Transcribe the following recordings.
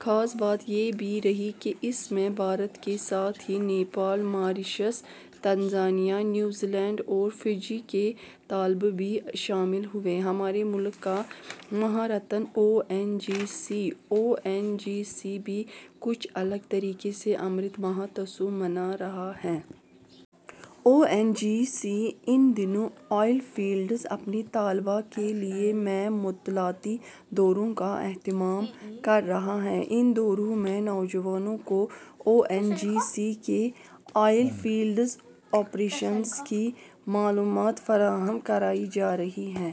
خاص بات یہ بھی رہی کہ اس میں بھارت کے ساتھ ہی Nepal, Mauritius, Tanzania, New Zealand اور فجی کے طلبا بھی شامل ہوئے۔ ہمارے ملک کا مہارتن او این جی سی۔ او این جی سی بھی کچھ الگ طریقے سے امرت مہوتسو منا رہا ہے۔ او این جی سی ان دنوں آئل فیلڈز اپنے طلباء کے لیے میں مطالعاتی دوروں کا اہتمام کر رہا ہے۔ ان دوروں میں، نوجوانوں کو او این جی سی کے آئل فیلڈ آپریشنز کی معلومات فراہم کرائی جارہی ہے۔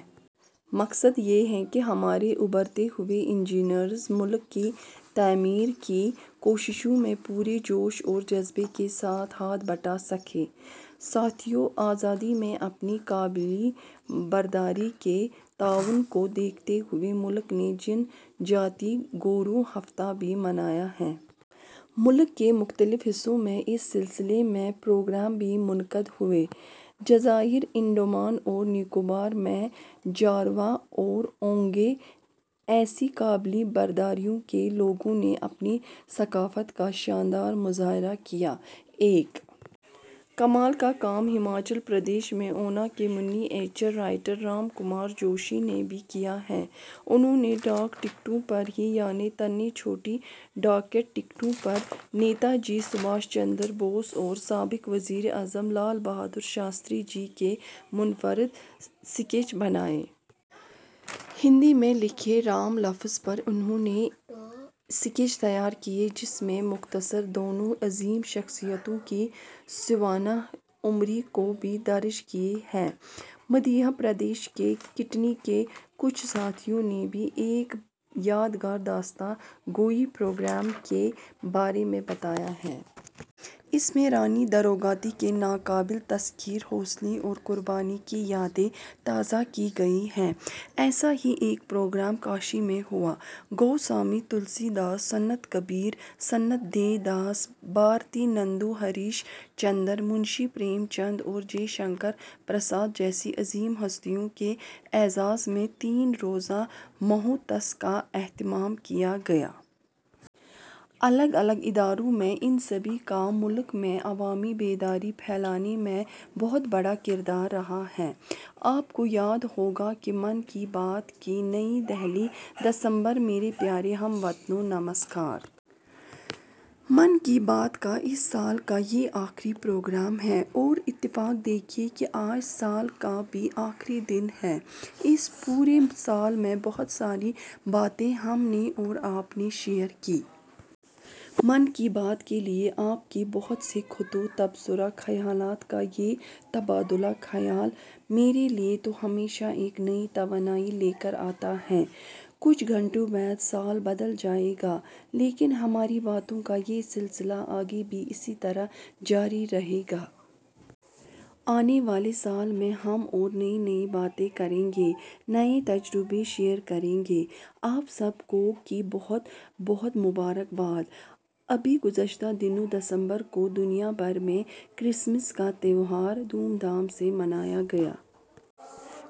مقصد یہ ہے کہ ہمارے ابھرتے ہوئے انجینئرز ملک کی تعمیر کی کوششوں میں پورے جوش اور جذبے کے ساتھ ہاتھ بٹا سکیں۔ ساتھیو، آزادی میں اپنی قبائلی برادری کے تعاون کو دیکھتے ہوئے ملک نے جن جاتیہ گورو ہفتہ بھی منایا ہے۔ ملک کے مختلف حصوں میں اس سلسلے میں پروگرام بھی منعقد ہوئے۔ جزائر انڈمان اور نکوبار میں، جاروا اور اونگے، ایسی قبائلی برادریوں کے لوگوں نے اپنی ثقافت کا شاندار مظاہرہ کیا۔ ایک کمال کا کام ہماچل پردیش میں اونا کے miniature writer Ram Kumar Joshi نے بھی کیا ہے، انہوں نے ڈاک ٹکٹوں پر ہی یعنی تنے چھوٹی ڈاکٹ ٹکٹوں پر نیتا جی سبھاش چندر بوس اور سابق وزیر اعظم لال بہادر شاستری جی کے منفرد اسکیچ بنائے۔ ہندی میں لکھے 'رام' لفظ پر انہوں نے اسکیچ تیار کئے جس میں مختصراً دونوں عظیم شخصیتوں کی سوانح عمری کو بھی درج کی ہے۔ مدھیہ پردیش کے کٹنی کے کچھ ساتھیوں نے بھی ایک یادگار داستان گوئی پروگرام کے بارے میں بتایا ہے۔ اس میں رانی درگاوتی کے ناقابل تسخیر حوصلے اور قربانی کی یادیں تازہ کی گئی ہیں۔ ایسا ہی ایک پروگرام کاشی میں ہوا۔ گوسوامی تلسی داس، سنت کبیر، سنت رے داس، بھارتندو ہریش چندر، منشی پریم چند اور جے شنکر پرساد جیسی عظیم ہستیوں کے اعزاز میں تین روزہ مہوتس کا اہتمام کیا گیا۔ الگ الگ ادوار میں ان سبھی کا ملک میں عوامی بیداری پھیلانے میں بہت بڑا کردار رہا ہے۔ آپ کو یاد ہوگا ں کہ 'من کی بات' کی. نئی دہلی۔ دسمبر ؛ میرے پیارے ہم وطنوں، نمسکار۔ من کی بات کا اس سال کا یہ آخری پروگرام ہے اور اتفاق دیکھیے کہ آج، سال کا بھی آخری دن ہے۔ اس پورے سال میں بہت ساری باتیں ہم نے اور آپنے شیئر کی۔ من کی بات کے لیے آپ کے بہت سے خطوط، تبصرے ، خیالات کا یہ تبادلۂ خیال ، میرے لیے تو ہمیشہ ایک نئی توانائی لے کر آتا ہے۔ کچھ گھنٹوں بعد، سال بدل جائے گا لیکن ہماری باتوں کا یہ سلسلہ آگے بھی اسی طرح جاری رہے گا۔ آنے والے سال میں ہم ، اور نئی نئی باتیں کریں گے، نئے تجربے شیئر کریں گے۔ آپ سب کو کی بہت بہت مبارکباد۔ ابھی گزشتہ دنوں دسمبر کو دنیا بھر میں کرسمس کا تہوار دھوم دھام سے منایا گیا۔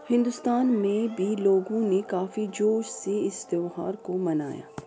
ہندوستان میں بھی لوگوں نے کافی جوش سے اس تہوار کو منایا۔